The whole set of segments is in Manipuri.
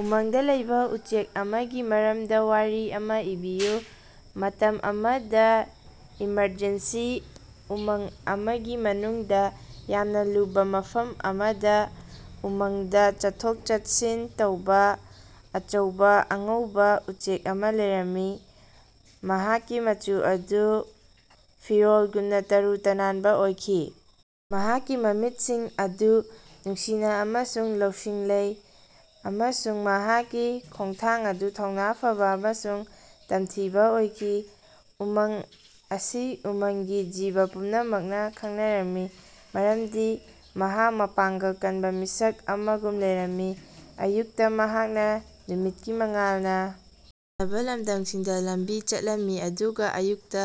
ꯎꯃꯪꯗꯥ ꯂꯩꯕꯥ ꯎꯆꯦꯛ ꯑꯃꯒꯤ ꯃꯔꯃꯗꯥ ꯋꯥꯔꯤ ꯑꯃꯥ ꯏꯕꯤꯌꯨ꯫ ꯃꯇꯝ ꯑꯃꯗ ꯏꯃꯔꯖꯦꯟꯁꯤ ꯎꯃꯪ ꯑꯃꯒꯤ ꯃꯅꯨꯡꯗ ꯌꯥꯝꯅ ꯂꯨꯕ ꯃꯐꯝ ꯑꯃꯗ ꯎꯃꯪꯗꯥ ꯆꯠꯊꯣꯛ-ꯆꯠꯁꯤꯟ ꯇꯧꯕꯥ ꯑꯆꯧꯕꯥ ꯑꯉꯧꯕꯥ ꯎꯆꯦꯛ ꯑꯃ ꯂꯩꯔꯝꯃꯤ꯫ ꯃꯍꯥꯛꯀꯤ ꯃꯆꯨ ꯑꯗꯨ ꯐꯤꯔꯣꯜꯒꯨꯝꯅ ꯇꯔꯨ ꯇꯅꯥꯟꯕ ꯑꯣꯏꯈꯤ ꯃꯍꯥꯛꯀꯤ ꯃꯃꯤꯠꯁꯤꯡ ꯑꯗꯨ ꯅꯨꯡꯁꯤꯅ ꯑꯃꯁꯨꯡ ꯂꯧꯁꯤꯡ ꯂꯩ ꯑꯃꯁꯨꯡ ꯃꯍꯥꯛꯀꯤ ꯈꯣꯡꯊꯥꯡ ꯑꯗꯨ ꯊꯧꯅꯥ ꯐꯕ ꯑꯃꯁꯨꯡ ꯇꯝꯊꯤꯕꯥ ꯑꯣꯏꯈꯤ꯫ ꯎꯃꯪ ꯑꯁꯤ ꯎꯃꯪꯒꯤ ꯖꯤꯕ ꯄꯨꯝꯅꯃꯛꯅ ꯈꯪꯅꯔꯝꯃꯤ ꯃꯔꯝꯗꯤ ꯃꯍꯥꯛ ꯃꯄꯥꯡꯒꯜ ꯀꯟꯕ ꯃꯤꯁꯛ ꯑꯃꯒꯨꯝ ꯂꯩꯔꯝꯃꯤ꯫ ꯑꯌꯨꯛꯇ ꯃꯍꯥꯛꯅ ꯅꯨꯃꯤꯠꯀꯤ ꯃꯉꯥꯜꯅ ꯊꯜꯂꯕ ꯂꯝꯗꯝꯁꯤꯡꯗ ꯂꯝꯕꯤ ꯆꯠꯂꯝꯃꯤ ꯑꯗꯨꯒ ꯑꯌꯨꯛꯇ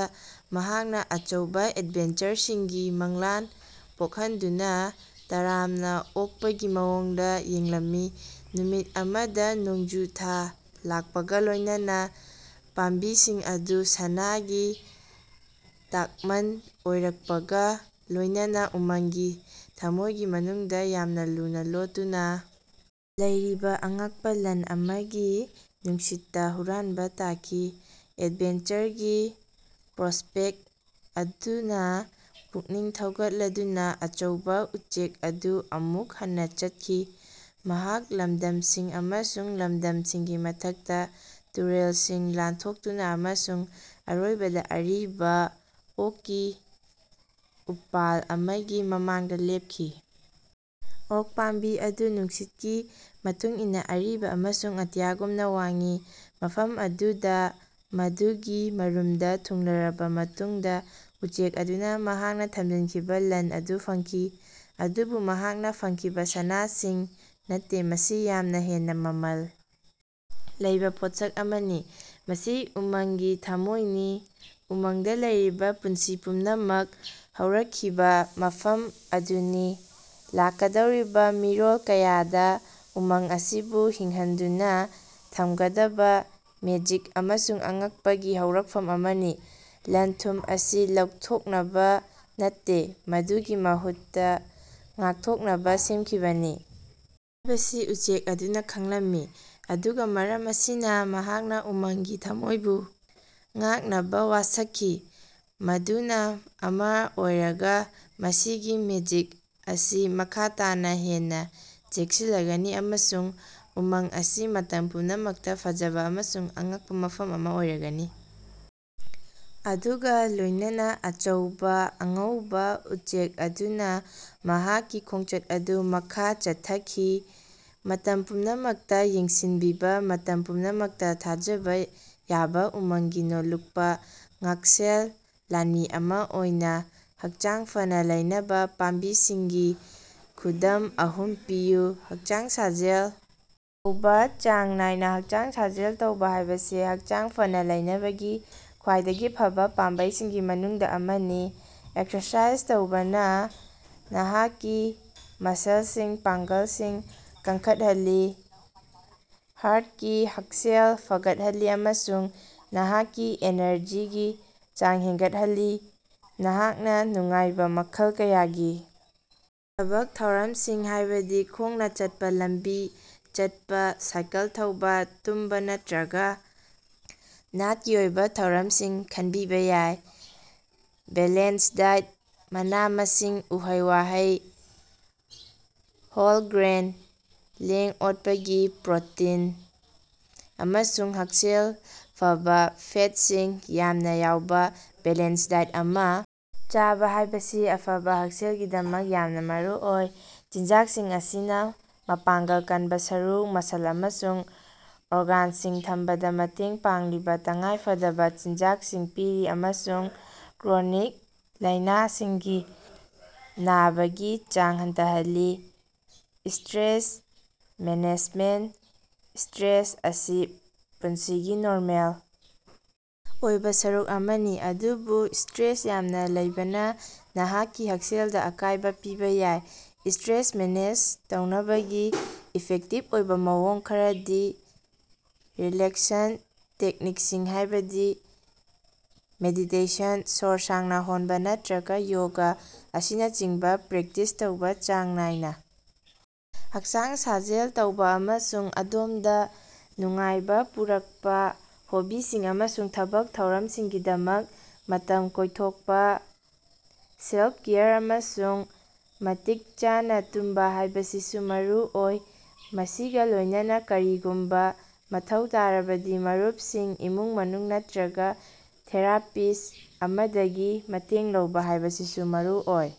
ꯃꯍꯥꯛꯅ ꯑꯆꯧꯕ ꯑꯦꯗꯚꯦꯟꯆꯔꯁꯤꯡꯒꯤ ꯃꯪꯂꯥꯟ ꯄꯣꯛꯍꯟꯗꯨꯅ ꯇꯔꯥꯝꯅ ꯑꯣꯛꯄꯒꯤ ꯃꯑꯣꯡꯗ ꯌꯦꯡꯂꯝꯃꯤ꯫ ꯅꯨꯃꯤꯠ ꯑꯃꯗ ꯅꯣꯡꯖꯨ ꯊꯥ ꯂꯥꯛꯄꯒ ꯂꯣꯢꯅꯅ ꯄꯥꯝꯕꯤꯁꯤꯡ ꯑꯗꯨ ꯁꯅꯥꯒꯤ ꯇꯛꯃꯥꯟ ꯑꯣꯏꯔꯛꯄꯒ ꯂꯣꯢꯅꯅꯥ ꯎꯃꯪꯒꯤ ꯊꯝꯃꯣꯢꯒꯤ ꯃꯅꯨꯡꯗ ꯌꯥꯝꯅ ꯂꯨꯅ ꯂꯣꯠꯇꯨꯅ ꯂꯩꯔꯤꯕ ꯑꯉꯛꯄ ꯂꯟ ꯑꯃꯒꯤ ꯅꯨꯡꯁꯤꯠꯇꯥ ꯍꯨꯔꯥꯟꯕ ꯇꯥꯈꯤ꯫ ꯑꯦꯗꯚꯦꯟꯆꯔꯒꯤ ꯄ꯭ꯔꯣꯁꯄꯦꯛꯇ ꯑꯗꯨꯅꯥ ꯄꯨꯛꯅꯤꯡ ꯊꯧꯒꯠꯂꯗꯨꯅꯥ ꯑꯆꯧꯕꯥ ꯎꯆꯦꯛ ꯑꯗꯨ ꯑꯃꯨꯛ ꯍꯟꯅꯥ ꯆꯠꯈꯤ꯫ ꯃꯍꯥꯛ ꯂꯝꯗꯝꯁꯤꯡ ꯑꯃꯁꯨꯡ ꯂꯝꯗꯝꯁꯤꯡꯒꯤ ꯃꯊꯛꯇ ꯇꯨꯔꯦꯜꯁꯤꯡ ꯂꯥꯟꯊꯣꯛꯇꯨꯅ ꯑꯃꯁꯨꯡ ꯑꯔꯣꯏꯕꯗ ꯑꯔꯤꯕ ꯑꯣꯛꯀꯤ ꯎꯄꯥꯜ ꯑꯃꯒꯤ ꯃꯃꯥꯡꯗ ꯂꯦꯞꯈꯤ꯫ ꯑꯣꯛ ꯄꯥꯝꯕꯤ ꯑꯗꯨ ꯅꯨꯡꯁꯤꯠꯀꯤ ꯃꯇꯨꯡ ꯏꯟꯅ ꯑꯔꯤꯕ ꯑꯃꯁꯨꯡ ꯑꯇꯤꯌꯥꯒꯨꯝꯅ ꯋꯥꯡꯏ ꯃꯐꯝ ꯑꯗꯨꯗ ꯃꯗꯨꯒꯤ ꯃꯔꯨꯝꯗ ꯊꯨꯡꯂꯔꯕ ꯃꯇꯨꯡꯗ ꯎꯆꯦꯛ ꯑꯗꯨꯅ ꯃꯍꯥꯛꯅ ꯊꯝꯖꯤꯟꯈꯤꯕ ꯂꯟ ꯑꯗꯨ ꯐꯪꯈꯤ꯫ ꯑꯗꯨꯕꯨ ꯃꯍꯥꯛꯅ ꯐꯪꯈꯤꯕ ꯁꯅꯥ ꯁꯤꯡ ꯅꯠꯇꯦ ꯃꯁꯤ ꯌꯥꯝꯅ ꯍꯦꯟꯅ ꯃꯃꯜ ꯂꯩꯕꯥ ꯄꯣꯠꯁꯛ ꯑꯃꯅꯤ꯫ ꯃꯁꯤ ꯎꯃꯪꯒꯤ ꯊꯃꯣꯏꯅꯤ ꯎꯃꯪꯗꯥ ꯂꯩꯔꯤꯕꯥ ꯄꯨꯟꯁꯤ ꯄꯨꯝꯅꯃꯛ ꯍꯧꯔꯛꯈꯤꯕ ꯃꯐꯝ ꯑꯗꯨꯅꯤ ꯂꯥꯛꯀꯗꯧꯔꯤꯕꯥ ꯃꯤꯔꯣꯜ ꯀꯌꯥꯗ ꯎꯃꯪ ꯑꯁꯤꯕꯨ ꯍꯤꯡꯍꯟꯗꯨꯅ ꯊꯝꯒꯗꯕ ꯃꯦꯖꯤꯛ ꯑꯃꯁꯨꯡ ꯑꯉꯛꯄꯒꯤ ꯍꯧꯔꯛꯐꯝ ꯑꯃꯅꯤ꯫ ꯂꯟ-ꯊꯨꯝ ꯑꯁꯤ ꯂꯧꯊꯣꯛꯅꯕ ꯅꯠꯇꯦ ꯃꯗꯨꯒꯤ ꯃꯍꯨꯠꯇ ꯉꯥꯛꯊꯣꯛꯅꯕ ꯁꯦꯝꯈꯤꯕꯅꯤ ꯍꯥꯢꯕꯁꯤ ꯎꯆꯦꯛ ꯑꯗꯨꯅ ꯈꯪꯂꯝꯃꯤ꯫ ꯑꯗꯨꯒ ꯃꯔꯝ ꯑꯁꯤꯅ ꯃꯍꯥꯛꯅ ꯎꯃꯪꯒꯤ ꯊꯝꯃꯣꯢꯕꯨ ꯉꯥꯛꯅꯕ ꯋꯥꯁꯛꯈꯤ ꯃꯗꯨꯅ ꯃꯔꯝ ꯑꯣꯏꯔꯒ ꯃꯁꯤꯒꯤ ꯃꯦꯖꯤꯛ ꯑꯁꯤ ꯃꯈꯥ ꯇꯥꯅ ꯍꯦꯟꯅ ꯆꯦꯛꯁꯤꯜꯂꯒꯅꯤ ꯑꯃꯁꯨꯡ ꯎꯃꯪ ꯑꯁꯤ ꯃꯇꯝ ꯄꯨꯝꯅꯃꯛꯇ ꯐꯖꯕ ꯑꯃꯁꯨꯡ ꯑꯉꯛꯄ ꯃꯐꯝ ꯑꯃ ꯑꯣꯏꯔꯒꯅꯤ꯫ ꯃꯗꯨꯒ ꯂꯣꯢꯅꯅ ꯑꯆꯧꯕ ꯑꯉꯧꯕ ꯎꯆꯦꯛ ꯑꯗꯨꯅ ꯃꯍꯥꯛꯀꯤ ꯈꯣꯡꯆꯠ ꯑꯗꯨ ꯃꯈꯥ ꯆꯠꯊꯈꯤ ꯃꯇꯝ ꯄꯨꯝꯅꯃꯛꯇ ꯌꯦꯡꯁꯤꯟꯕꯤꯕ ꯃꯇꯝ ꯄꯨꯝꯅꯃꯛꯇ ꯊꯥꯖꯕ ꯌꯥꯕ ꯎꯃꯪꯒꯤ ꯅꯣꯜꯂꯨꯛꯄ ꯉꯥꯛꯁꯦꯜ ꯂꯥꯟꯃꯤ ꯑꯃꯥ ꯑꯣꯏꯅ꯫ ꯍꯛꯆꯥꯡ ꯐꯅ ꯂꯩꯅꯕ ꯄꯥꯝꯕꯩꯁꯤꯡꯒꯤ ꯈꯨꯗꯝ ꯑꯍꯨꯝ ꯄꯤꯌꯨ꯫ ꯍꯛꯆꯥꯡ ꯁꯥꯖꯦꯜ ꯇꯧꯕꯥ: ꯆꯥꯡ ꯅꯥꯏꯅ ꯍꯛꯆꯥꯡ ꯁꯥꯖꯦꯜ ꯇꯧꯕꯥ ꯍꯥꯢꯕꯁꯤ ꯍꯛꯆꯥꯡ ꯐꯅꯥ ꯂꯩꯅꯕꯒꯤ ꯈ꯭ꯋꯥꯏꯗꯒꯤ ꯐꯕ ꯄꯥꯝꯕꯩꯁꯤꯡꯒꯤ ꯃꯅꯨꯡꯗ ꯑꯃꯅꯤ꯫ ꯑꯦꯛꯁꯔꯁꯥꯏꯖ ꯇꯧꯕꯅ ꯅꯍꯥꯛꯀꯤ ꯃꯁꯜꯁꯤꯡ ꯃꯄꯥꯡꯒꯜ ꯀꯟꯈꯠꯍꯜꯂꯤ ꯍꯥꯔꯇꯀꯤ ꯍꯛꯁꯦꯜ ꯐꯒꯠꯍꯜꯂꯤ ꯑꯃꯁꯨꯡ ꯅꯍꯥꯛꯀꯤ ꯑꯦꯅꯔꯖꯤꯒꯤ ꯆꯥꯡ ꯍꯦꯟꯒꯠꯍꯜꯂꯤ꯫ ꯅꯍꯥꯛꯅ ꯅꯨꯡꯉꯥꯏꯕ ꯃꯈꯜ ꯀꯌꯥꯒꯤ ꯊꯕꯛ ꯊꯧꯔꯝꯁꯤꯡ ꯍꯥꯢꯕꯗꯤ ꯈꯣꯡꯅꯥ ꯆꯠꯄ ꯂꯝꯕꯤ ꯆꯠꯄꯥ, ꯁꯥꯏꯀꯜ ꯊꯧꯕꯥ, ꯇꯨꯝꯕꯥ ꯅꯠꯇ꯭ꯔꯒ ꯅꯥꯠꯀꯤ ꯑꯣꯏꯕ ꯊꯧꯔꯝꯁꯤꯡ ꯈꯟꯕꯤꯕ ꯌꯥꯏ꯫ ꯕꯦꯂꯦꯟꯁ ꯗꯥꯏꯠ: ꯃꯅꯥ-ꯃꯁꯤꯡ, ꯎꯍꯩ-ꯋꯥꯍꯩ, ꯍꯣꯜ ꯒ꯭ꯔꯦꯟ, ꯂꯦꯡ-ꯑꯣꯠꯄꯒꯤ ꯄ꯭ꯔꯣꯇꯤꯟ ꯑꯃꯁꯨꯡ ꯍꯛꯁꯦꯜ ꯐꯕ ꯐꯦꯠꯁꯤꯡ ꯌꯥꯝꯅ ꯌꯥꯎꯕ ꯕꯦꯂꯦꯟꯁ ꯗꯥꯏꯠ ꯑꯃ ꯆꯥꯕ ꯍꯥꯢꯕꯁꯤ ꯑꯐꯕ ꯍꯛꯁꯦꯜꯒꯤꯗꯃꯛ ꯌꯥꯝꯅ ꯃꯔꯨꯑꯣꯏ꯫ ꯆꯤꯟꯖꯥꯛꯁꯤꯡ ꯑꯁꯤꯅ ꯃꯄꯥꯡꯒꯜ ꯀꯟꯕ ꯁꯔꯨ, ꯃꯁꯜ ꯑꯃꯁꯨꯡ ꯑꯣꯔꯒꯥꯟꯁꯤꯡ ꯊꯝꯕꯗ ꯃꯇꯦꯡ ꯄꯥꯡꯂꯤꯕ ꯇꯉꯥꯏꯐꯗꯕ ꯃꯆꯤꯟꯖꯥꯛꯁꯤꯡ ꯄꯤꯔꯤ ꯑꯃꯁꯨꯡ ꯀ꯭ꯔꯣꯅꯤꯛ ꯂꯥꯢꯅꯁꯤꯡꯒꯤ ꯅꯕꯒꯤ ꯆꯥꯡ ꯍꯟꯊꯍꯜꯂꯤ꯫ ꯁ꯭ꯇꯔꯦꯁ ꯃꯦꯅꯦꯖꯃꯦꯟꯇ: ꯁꯇ꯭ꯔꯦꯁ ꯑꯁꯤ ꯄꯨꯟꯁꯤꯒꯤ ꯅꯣꯔꯃꯦꯜ ꯑꯣꯏꯕ ꯁꯔꯨꯛ ꯑꯃꯅꯤ ꯑꯗꯨꯕꯨ ꯁꯇ꯭ꯔꯦꯁ ꯌꯥꯝꯅ ꯂꯩꯕꯅꯥ ꯅꯍꯥꯛꯀꯤ ꯍꯛꯁꯦꯜꯗ ꯑꯀꯥꯢꯕ ꯄꯤꯕꯥ ꯌꯥꯏ꯫ ꯁꯇ꯭ꯔꯦꯁ ꯃꯦꯅꯦꯖ ꯇꯧꯅꯕꯒꯤ ꯏꯐꯦꯛꯇꯤꯚ ꯑꯣꯏꯕ ꯃꯑꯣꯡ ꯈꯔꯗꯤ ꯔꯤꯂꯦꯛꯁꯟ ꯇꯦꯛꯅꯤꯛꯁꯤꯡ ꯍꯥꯢꯕꯗꯤ ꯃꯦꯗꯤꯇꯦꯁꯟ, ꯁꯣꯔ ꯁꯥꯡꯅ ꯍꯣꯟꯕ ꯅꯠꯇ꯭ꯔꯒ ꯌꯣꯒꯥ ꯑꯁꯤꯅꯆꯤꯡꯕ ꯄ꯭ꯔꯦꯛꯇꯤꯁ ꯇꯧꯕꯥ ꯆꯥꯡ ꯅꯥꯏꯅ ꯍꯛꯆꯥꯡ ꯁꯥꯖꯦꯜ ꯇꯧꯕꯥ ꯑꯃꯁꯨꯡ ꯑꯗꯣꯝꯗ ꯅꯨꯡꯉꯥꯏꯕ ꯄꯨꯔꯛꯄ ꯍꯣꯕꯤꯁꯤꯡ ꯑꯃꯁꯨꯡ ꯊꯕꯛ ꯊꯧꯔꯝꯁꯤꯡꯒꯤꯗꯃꯛ ꯃꯇꯝ ꯀꯥꯢꯊꯣꯛꯄ꯫ ꯁꯦꯂ꯭ꯐ-ꯀꯦꯌꯔ ꯑꯃꯁꯨꯡ ꯃꯇꯤꯛ ꯆꯥꯅ ꯇꯨꯝꯕ ꯍꯥꯢꯕꯁꯤꯁꯨ ꯃꯔꯨꯑꯣꯏ ꯃꯁꯤꯒꯥ ꯂꯣꯢꯅꯅꯥ ꯀꯔꯤꯒꯨꯝꯕ ꯃꯊꯧ ꯇꯥꯔꯕꯗꯤ ꯃꯔꯨꯞꯁꯤꯡ ꯏꯃꯨꯡ-ꯃꯅꯨꯡ ꯅꯠꯇ꯭ꯔꯒꯥ ꯊꯦꯔꯥꯄꯤꯁ꯭ꯠ ꯑꯃꯗꯒꯤ ꯃꯇꯦꯡ ꯂꯧꯕꯥ ꯍꯥꯢꯕꯁꯤꯁꯨ ꯃꯔꯨꯑꯣꯏ꯫